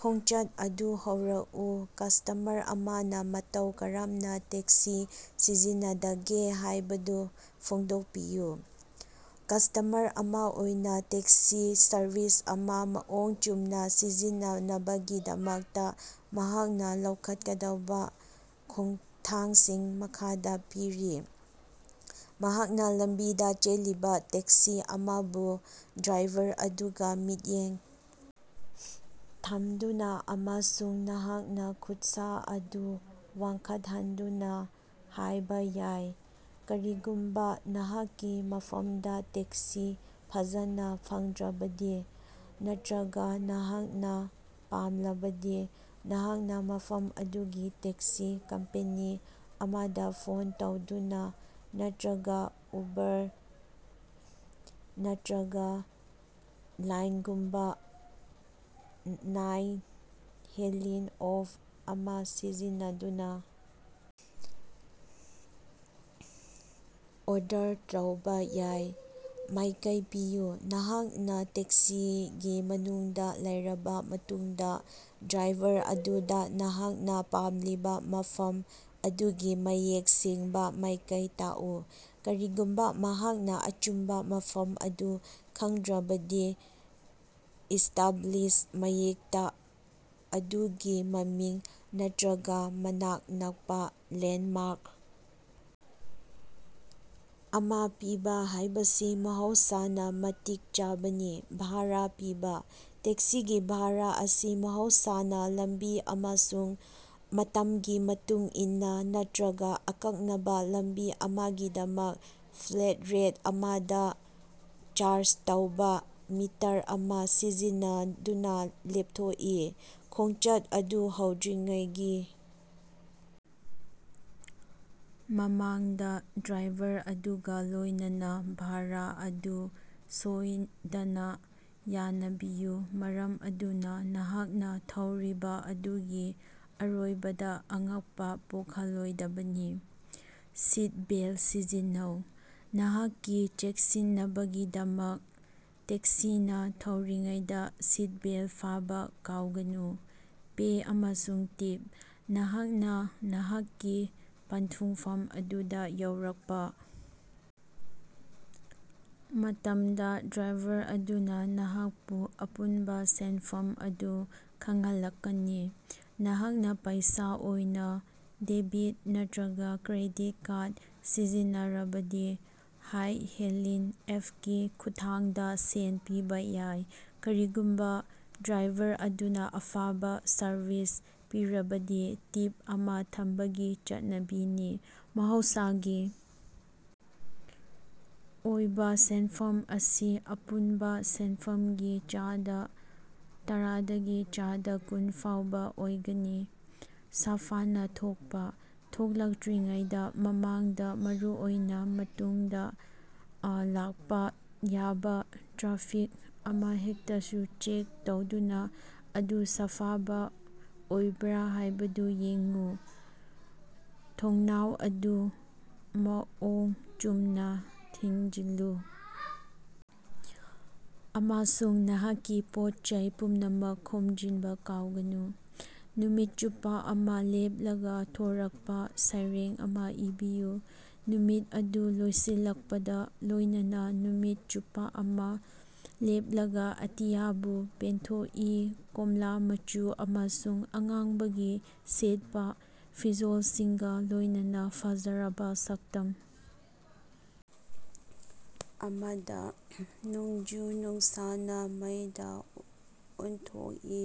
ꯈꯣꯡꯆꯠ ꯑꯗꯨ ꯍꯧꯔꯛꯎ ꯀꯁꯇꯃꯔ ꯑꯃꯅ ꯃꯇꯧ ꯀꯔꯝꯅꯥ ꯇꯦꯛꯁꯤ ꯁꯤꯖꯤꯟꯅꯒꯗꯒꯦ ꯍꯥꯢꯕꯗꯨ ꯐꯣꯡꯗꯣꯛꯄꯤꯌꯨ꯫ ꯀꯁꯇꯃꯔ ꯑꯃ ꯑꯣꯏꯅ ꯇꯦꯛꯁꯤ ꯁꯔꯚꯤꯁ ꯑꯃ ꯃꯑꯣꯡ ꯆꯨꯝꯅ ꯁꯤꯖꯤꯟꯅꯅꯕꯒꯤꯗꯃꯛꯇ ꯅꯍꯥꯛꯅ ꯂꯧꯈꯠꯀꯗꯕ ꯈꯣꯡꯊꯥꯡꯁꯤꯡ ꯃꯈꯥꯗꯥ ꯄꯤꯔꯤ: ꯅꯍꯥꯛꯅ ꯂꯝꯕꯤꯗ ꯆꯦꯜꯂꯤꯕ ꯇꯦꯛꯁꯤ ꯑꯃꯕꯨ ꯗ꯭ꯔꯥꯏꯚꯔ ꯑꯗꯨꯒ ꯃꯤꯠꯌꯦꯡ ꯊꯝꯗꯨꯅ ꯑꯃꯁꯨꯡ ꯅꯍꯥꯛꯀꯤ ꯈꯨꯠꯁꯥ ꯑꯗꯨ ꯋꯥꯡꯈꯠꯍꯟꯗꯨꯅ ꯍꯥꯢꯕ ꯌꯥꯏ꯫ ꯀꯔꯤꯒꯨꯝꯕꯥ ꯅꯍꯥꯛꯀꯤ ꯃꯐꯝꯗꯥ ꯇꯦꯛꯁꯤ ꯐꯖꯅꯥ ꯐꯪꯗ꯭ꯔꯕꯗꯤ ꯅꯠꯇ꯭ꯔꯒ ꯅꯍꯥꯛꯅ ꯄꯥꯝꯂꯕꯗꯤ ꯅꯍꯥꯛꯅ ꯃꯐꯝ ꯑꯗꯨꯒꯤ ꯇꯦꯛꯁꯤ ꯀꯝꯄꯦꯅꯤ ꯑꯃꯗ ꯐꯣꯟ ꯇꯧꯗꯨꯅ ꯅꯠꯇ꯭ꯔꯒ ꯎꯕꯔ ꯅꯠꯇ꯭ꯔꯒ ꯂꯥꯏꯐꯇꯒꯨꯝꯕ ꯔꯥꯏꯗ-ꯍꯦꯂꯤꯡ ꯑꯦꯞ ꯑꯃ ꯁꯤꯖꯤꯟꯅꯗꯨꯅ ꯑꯣꯔꯗꯔ ꯇꯧꯕꯥ ꯌꯥꯏ꯫ ꯃꯥꯢꯀꯩ ꯄꯤꯌꯨ: ꯅꯍꯥꯛꯅ ꯇꯦꯛꯁꯤꯒꯤ ꯃꯅꯨꯡꯗ ꯂꯩꯔꯕ ꯃꯇꯨꯡꯗ ꯗ꯭ꯔꯥꯏꯚꯔ ꯑꯗꯨꯗ ꯅꯍꯥꯛꯅ ꯄꯥꯝꯂꯤꯕ ꯃꯐꯝ ꯑꯗꯨꯒꯤ ꯃꯌꯦꯛ ꯁꯦꯡꯕ ꯃꯥꯢꯀꯩ ꯇꯥꯛꯎ꯫ ꯀꯔꯤꯒꯨꯝꯕ ꯅꯍꯥꯛꯅ ꯑꯆꯨꯝꯕ ꯃꯐꯝ ꯑꯗꯨ ꯈꯪꯗ꯭ꯔꯕꯗꯤ ꯏꯁꯇꯥꯕ꯭ꯂꯤꯁꯃꯦꯟꯇ ꯑꯗꯨꯒꯤ ꯃꯃꯤꯡ ꯅꯠꯇ꯭ꯔꯒ ꯃꯅꯥꯛ ꯅꯛꯄꯥ ꯂꯦꯟꯗꯃꯥꯔꯛ ꯑꯃ ꯄꯤꯕ ꯍꯥꯢꯕꯁꯤ ꯃꯍꯧꯁꯥꯅ ꯃꯇꯤꯛ ꯆꯥꯕꯅꯤ꯫ ꯚꯥꯔꯥ ꯄꯤꯕ: ꯇꯦꯛꯁꯤꯒꯤ ꯚꯥꯔꯥ ꯑꯁꯤ ꯃꯍꯧꯁꯥꯅ ꯂꯝꯕꯤ ꯑꯃꯁꯨꯡ ꯃꯇꯝꯒꯤ ꯃꯇꯨꯡ ꯏꯟꯅ ꯅꯠꯇ꯭ꯔꯒ ꯑꯀꯛꯅꯕ ꯂꯝꯕꯤ ꯑꯃꯒꯤꯗꯃꯛ ꯐ꯭ꯂꯦꯠ ꯔꯦꯠ ꯑꯃꯗ ꯆꯥꯔꯖ ꯇꯧꯕ ꯃꯤꯇꯔ ꯑꯃ ꯁꯤꯖꯤꯟꯅꯗꯨꯅ ꯂꯦꯞꯊꯣꯛꯏ꯫ ꯈꯣꯡꯆꯠ ꯑꯗꯨ ꯍꯧꯗ꯭ꯔꯤꯉꯩꯒꯤ ꯃꯃꯥꯡꯗ ꯗ꯭ꯔꯥꯏꯚꯔ ꯑꯗꯨꯒ ꯂꯣꯢꯅꯅꯥ ꯚꯥꯔꯥ ꯑꯗꯨ ꯁꯣꯢꯗꯅ ꯌꯥꯅꯕꯤꯎ ꯃꯔꯝ ꯑꯗꯨꯅ ꯅꯍꯥꯛꯅ ꯊꯧꯔꯤꯕ ꯑꯗꯨꯒꯤ ꯑꯔꯣꯏꯕꯗ ꯑꯉꯛꯄ ꯄꯣꯛꯍꯜꯂꯣꯏꯗꯕꯅꯤ꯫ ꯁꯤꯇꯕꯦꯜꯇ ꯁꯤꯖꯤꯟꯅꯧ: ꯅꯍꯥꯛꯀꯤ ꯆꯦꯛꯁꯤꯟꯅꯕꯒꯤꯗꯃꯛ ꯇꯦꯛꯁꯤꯅ ꯊꯧꯔꯤꯉꯩꯗꯥ ꯁꯤꯠꯕꯦꯜ ꯐꯥꯕ ꯀꯥꯎꯒꯅꯨ꯫ ꯄꯦ ꯑꯃꯁꯨꯡ ꯇꯤꯞ: ꯅꯍꯥꯛꯅ ꯅꯍꯥꯛꯀꯤ ꯄꯟꯊꯨꯡꯐꯝ ꯑꯗꯨꯗ ꯌꯧꯔꯛꯄ ꯃꯇꯝꯗ ꯗ꯭ꯔꯥꯏꯚꯔ ꯑꯗꯨꯅ ꯅꯍꯥꯛꯄꯨ ꯑꯄꯨꯟꯕ ꯁꯦꯟꯐꯝ ꯑꯗꯨ ꯈꯪꯍꯜꯂꯛꯀꯅꯤ꯫ ꯅꯍꯥꯛꯅ ꯄꯩꯁꯥ ꯑꯣꯏꯅ, ꯗꯦꯕꯤꯠ ꯅꯠꯇ꯭ꯔꯒ ꯀ꯭ꯔꯦꯗꯤꯠ ꯀꯥꯔꯗ ꯁꯤꯖꯤꯟꯅꯔꯕꯗꯤ ꯔꯥꯏꯗ-ꯍꯦꯂꯤꯡ ꯑꯦꯞꯀꯤ ꯈꯨꯠꯊꯥꯡꯗ ꯁꯦꯜ ꯄꯤꯕ ꯌꯥꯏ꯫ ꯀꯔꯤꯒꯨꯝꯕ ꯗ꯭ꯔꯥꯏꯚꯔ ꯑꯗꯨꯅ ꯑꯐꯕ ꯁꯔꯚꯤꯁ ꯄꯤꯔꯕꯗꯤ ꯇꯤꯞ ꯑꯃ ꯊꯝꯕꯒꯤ ꯆꯠꯅꯕꯤꯅꯤ꯫ ꯃꯍꯧꯁꯥꯒꯤ ꯑꯣꯏꯕ ꯁꯦꯟꯐꯝ ꯑꯁꯤ ꯑꯄꯨꯟꯕ ꯁꯦꯟꯐꯝꯒꯤ ꯆꯥꯗ ꯇꯔꯥꯗꯒꯤ ꯆꯥꯗ ꯀꯨꯟ ꯐꯥꯎꯕ ꯑꯣꯏꯒꯅꯤ꯫ ꯁꯥꯐꯅꯥ ꯊꯣꯛꯄ: ꯊꯣꯛꯂꯛꯇ꯭ꯔꯤꯉꯩꯒꯤ ꯃꯃꯥꯡꯗ ꯃꯔꯨꯑꯣꯏꯅ ꯃꯇꯨꯡꯗ ꯂꯥꯛꯄ ꯌꯥꯕ ꯇ꯭ꯔꯥꯐꯤꯛ ꯑꯃꯍꯦꯛꯇꯕꯨ ꯆꯦꯛ ꯇꯧꯗꯨꯅ ꯃꯗꯨ ꯁꯥꯐꯕ ꯑꯣꯏꯕ꯭ꯔꯥ ꯍꯥꯢꯕꯗꯨ ꯌꯦꯡꯎ꯫ ꯊꯣꯡꯅꯥꯎ ꯑꯗꯨ ꯃꯑꯣꯡ ꯆꯨꯝꯅ ꯊꯤꯡꯖꯤꯜꯂꯨ ꯑꯃꯁꯨꯡ ꯅꯍꯥꯛꯀꯤ ꯄꯣꯠ-ꯆꯩ ꯄꯨꯝꯅꯃꯛ ꯈꯣꯝꯖꯤꯟꯕ ꯀꯥꯎꯒꯅꯨ꯫ ꯅꯨꯃꯤꯠ ꯆꯨꯞꯄ ꯑꯃ ꯂꯦꯞꯂꯒ ꯊꯣꯔꯛꯄ ꯁꯩꯔꯦꯡ ꯑꯃ ꯏꯕꯤꯌꯨ꯫ ꯅꯨꯃꯤꯠ ꯑꯗꯨ ꯂꯣꯏꯁꯤꯜꯂꯛꯄꯗ ꯂꯣꯢꯅꯅꯥ ꯅꯨꯃꯤꯠ ꯆꯨꯞꯄ ꯑꯃ ꯂꯦꯞꯂꯒ ꯑꯇꯤꯌꯥꯕꯨ ꯄꯦꯟꯊꯣꯛꯏ ꯀꯣꯝꯂꯥ ꯃꯆꯨ ꯑꯃꯁꯨꯡ ꯑꯉꯥꯡꯕꯒꯤ ꯁꯦꯠꯄ ꯐꯤꯖꯣꯜꯁꯤꯡꯒ ꯂꯣꯢꯅꯅꯥ ꯐꯖꯔꯕ ꯁꯛꯇꯝ ꯑꯃꯗ꯫ ꯅꯣꯡꯖꯨ-ꯅꯨꯡꯁꯥꯅ ꯃꯩꯗꯥ ꯑꯣꯟꯊꯣꯛꯏ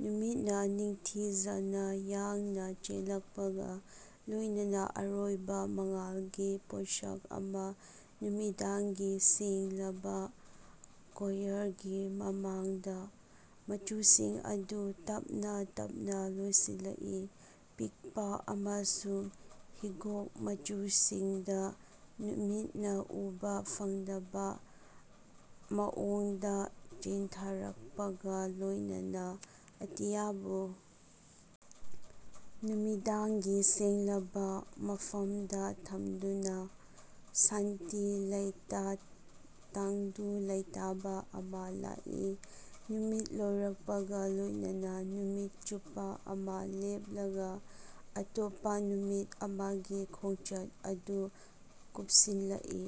ꯅꯨꯃꯤꯠꯅ ꯅꯤꯡꯊꯤꯖꯅ ꯌꯥꯡꯅ ꯆꯦꯜꯂꯛꯄꯒ ꯂꯣꯢꯅꯅꯥ ꯑꯔꯣꯏꯕ ꯃꯉꯥꯜꯒꯤ ꯄꯣꯠꯁꯛ ꯑꯃ ꯅꯨꯃꯤꯗꯥꯡꯒꯤ ꯁꯦꯡꯂꯕ ꯀꯣꯌꯔꯒꯤ ꯃꯃꯥꯡꯗ꯫ ꯃꯆꯨꯁꯤꯡ ꯑꯗꯨ ꯇꯞꯅ ꯇꯞꯅ ꯂꯣꯏꯁꯤꯜꯂꯛꯏ ꯄꯤꯛꯄ ꯑꯃꯁꯨꯡ ꯍꯤꯒꯣꯛ ꯃꯆꯨꯁꯤꯡꯗ ꯅꯨꯃꯤꯠꯅ ꯎꯕ ꯐꯪꯗꯕ ꯃꯑꯣꯡꯗ ꯆꯦꯟꯊꯔꯛꯄꯒ ꯂꯣꯢꯅꯅꯥ ꯑꯇꯤꯌꯥꯕꯨ ꯅꯨꯃꯤꯗꯥꯡꯒꯤ ꯁꯦꯡꯂꯕ ꯃꯐꯝꯗ ꯊꯝꯗꯨꯅ꯫ ꯁꯥꯟꯇꯤ ꯂꯩꯇꯥ ꯇꯪꯗꯨ ꯂꯩꯇꯥꯕꯥ ꯑꯃ ꯂꯥꯛꯏ ꯅꯨꯃꯤꯠ ꯂꯣꯏꯔꯛꯄꯒ ꯂꯣꯢꯅꯅꯥ ꯅꯨꯃꯤꯠ ꯆꯨꯞꯄ ꯑꯃ ꯂꯦꯞꯂꯒ ꯑꯇꯣꯞꯄ ꯅꯨꯃꯤꯠ ꯑꯃꯒꯤ ꯈꯣꯡꯆꯠ ꯑꯗꯨ ꯀꯨꯞꯁꯤꯜꯂꯛꯏ꯫